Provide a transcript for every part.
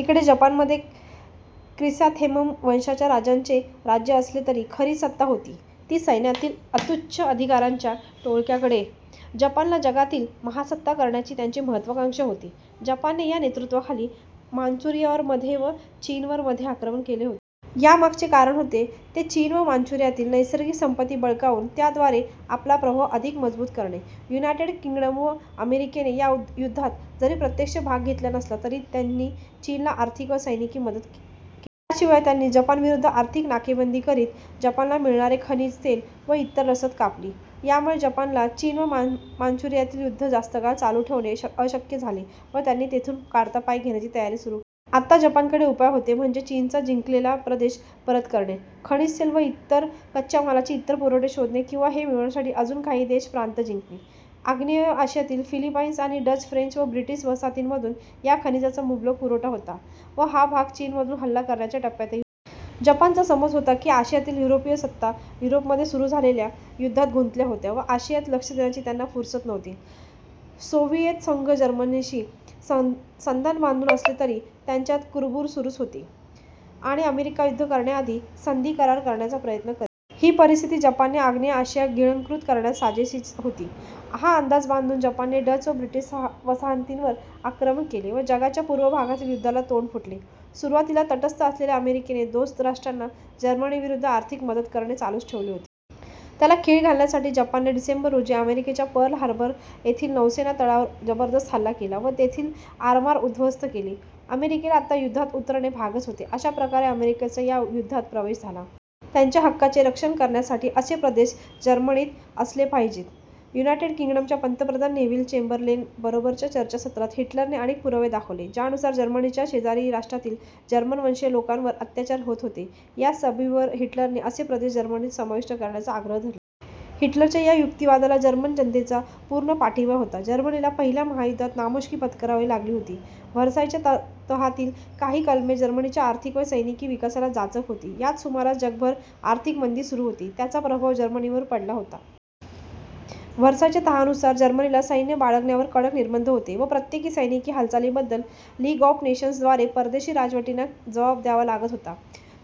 इकडे जपानमध्ये क्रिसॅंथेमम वंशाच्या राजांचे राज्य असले तरी खरी सत्ता होती ती सैन्यातील अत्त्युच्च अधिकाऱ्यांच्या टोळक्याकडे. जपानला जगातील महासत्ता करण्याची त्यांची महत्त्वाकांक्षा होती. जपानने या नेतृत्वाखाली मांचुरियावर मध्ये व चीनवर मध्ये आक्रमण केले होते. यामागचे कारण होते ते चीन व मांचुरियातील नैसर्गिक संपत्ती बळकावून त्याद्वारे आपला प्रभाव अधिक मजबूत करणे. युनायटेड किंग्डम व अमेरिकेने या युद्धात जरी प्रत्यक्ष भाग घेतला नसला तरी त्यांनी चीनला आर्थिक व सैनिकी मदत केली. याशिवाय त्यांनी जपानविरुद्ध आर्थिक नाकेबंदी करीत जपानला मिळणारे खनिज तेल व इतर रसद कापली. यामुळे जपानला चीन व मांचुरियातील युद्ध जास्त काळ चालू ठेवणे अशक्य झाले व त्यांनी तेथून काढता पाय घेण्याची तयारी सुरू केली. आता जपानकडे उपाय होते म्हणजे चीनचा जिंकलेला प्रदेश परत करणे, खनिज तेल व इतर कच्च्या मालाची इतर पुरवठे शोधणे किंवा हे मिळवण्यासाठी अजून काही देश/प्रांत जिंकणे. आग्नेय आशियातील फिलिपाईन्स आणि डच, फ्रेंच व ब्रिटिश वसाहतींमधून या खनिजांचा मुबलक पुरवठा होता व हा भाग चीनमधून हल्ला करण्याच्या टप्प्यातही होता. जपानचा समज होता की आशियातील युरोपीय सत्ता युरोपमध्ये सुरू झालेल्या युद्धात गुंतल्या होत्या व आशियात लक्ष देण्याची त्यांना फुरसत नव्हती. सोव्हिएत संघ जर्मनीशी संधान बांधून असले तरी त्यांच्यात कुरबुर सुरूच होती आणि अमेरिका युद्ध करण्याआधी संधी/करार करण्याचा प्रयत्न करेल. ही परिस्थिती जपानने आग्नेय आशिया गिळंकृत करण्यास साजेशीच होती. हा अंदाज बांधून जपानने डच व ब्रिटिश वसाहतींवर आक्रमण केले व जगाच्या पूर्व भागातील युद्धाला तोंड फुटले. सुरुवातीला तटस्थ असलेल्या अमेरिकेने दोस्त राष्ट्रांना जर्मनीविरुद्ध आर्थिक मदत करणे चालूच ठेवले होते. त्याला खीळ घालण्यासाठी जपानने डिसेंबर, रोजी अमेरिकेच्या पर्ल हार्बर येथील नौसेना तळावर जबरदस्त हल्ला केला व तेथील आरमार उद्ध्वस्त केले. अमेरिकेला आता युद्धात उतरणे भागच होते. अशा प्रकारे अमेरिकेचा या युद्धात प्रवेश झाला. त्यांच्या हक्कांचे रक्षण करण्यासाठी असे प्रदेश जर्मनीत असले पाहिजेत. युनायटेड किंग्डमच्या पंतप्रधान नेव्हिल चेम्बरलेन बरोबरच्या चर्चासत्रात हिटलरने अनेक पुरावे दाखवले ज्यानुसार जर्मनीच्या शेजारी राष्ट्रातील जर्मनवंशीय लोकांवर अत्याचार होत होते. या सबबीवर हिटलरने असे प्रदेश जर्मनीत समाविष्ट करण्याचा आग्रह धरला. हिटलरच्या या युक्तिवादाला जर्मन जनतेचा पूर्ण पाठिंबा होता. जर्मनीला पहिल्या महायुद्धात नामुष्की पत्करावी लागली होती. व्हर्सायच्या तहातील काही कलमे जर्मनीच्या आर्थिक व सैनिकी विकासाला जाचक होती. याच सुमारास जगभर आर्थिक मंदी सुरू होती, त्याचा प्रभाव जर्मनीवरही पडला होता. व्हर्सायच्या तहानुसार जर्मनीला सैन्य बाळगण्यावर कडक निर्बंध होते व प्रत्येक सैनिकी हालचालीबद्दल लीग ऑफ नेशन्स द्वारे परदेशी राजवटींना जबाब द्यावा लागत होता.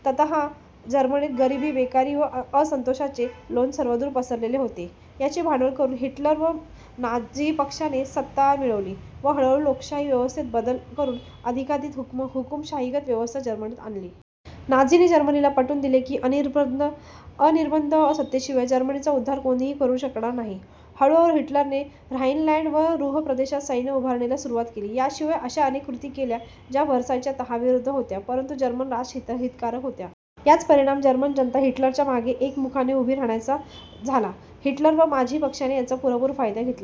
ततः जर्मनीत गरीबी, बेकारी व असंतोषाचे लोण सर्वदूर पसरलेले होते. याचे भांडवल करून हिटलर व नाझी पक्षाने सत्ता मिळवली व हळूहळू लोकशाही व्यवस्थेत बदल करून अधिकाधिक हुकुमशाहीगत व्यवस्था जर्मनीत आली. नाझींनी जर्मनीला पटवून दिले की अनिर्बंध सत्तेशिवाय जर्मनीचा उद्धार कोणीही करू शकणार नाही. हळूहळू हिटलरने ऱ्हाइनलॅंड व रुह्र प्रदेशात सैन्य उभारणीलाही सुरुवात केली. याशिवाय अश्या अनेक कृती केल्या ज्या व्हर्सायच्या तहाविरुद्ध होत्या परंतु जर्मन राष्ट्रहितकारक होत्या. याचा परिणाम जर्मन जनता हिटलरच्या मागे एकमुखाने उभी राहण्याचा झाला. हिटलर व नाझी पक्षाने याचे पूरेपूर फायदा घेतला.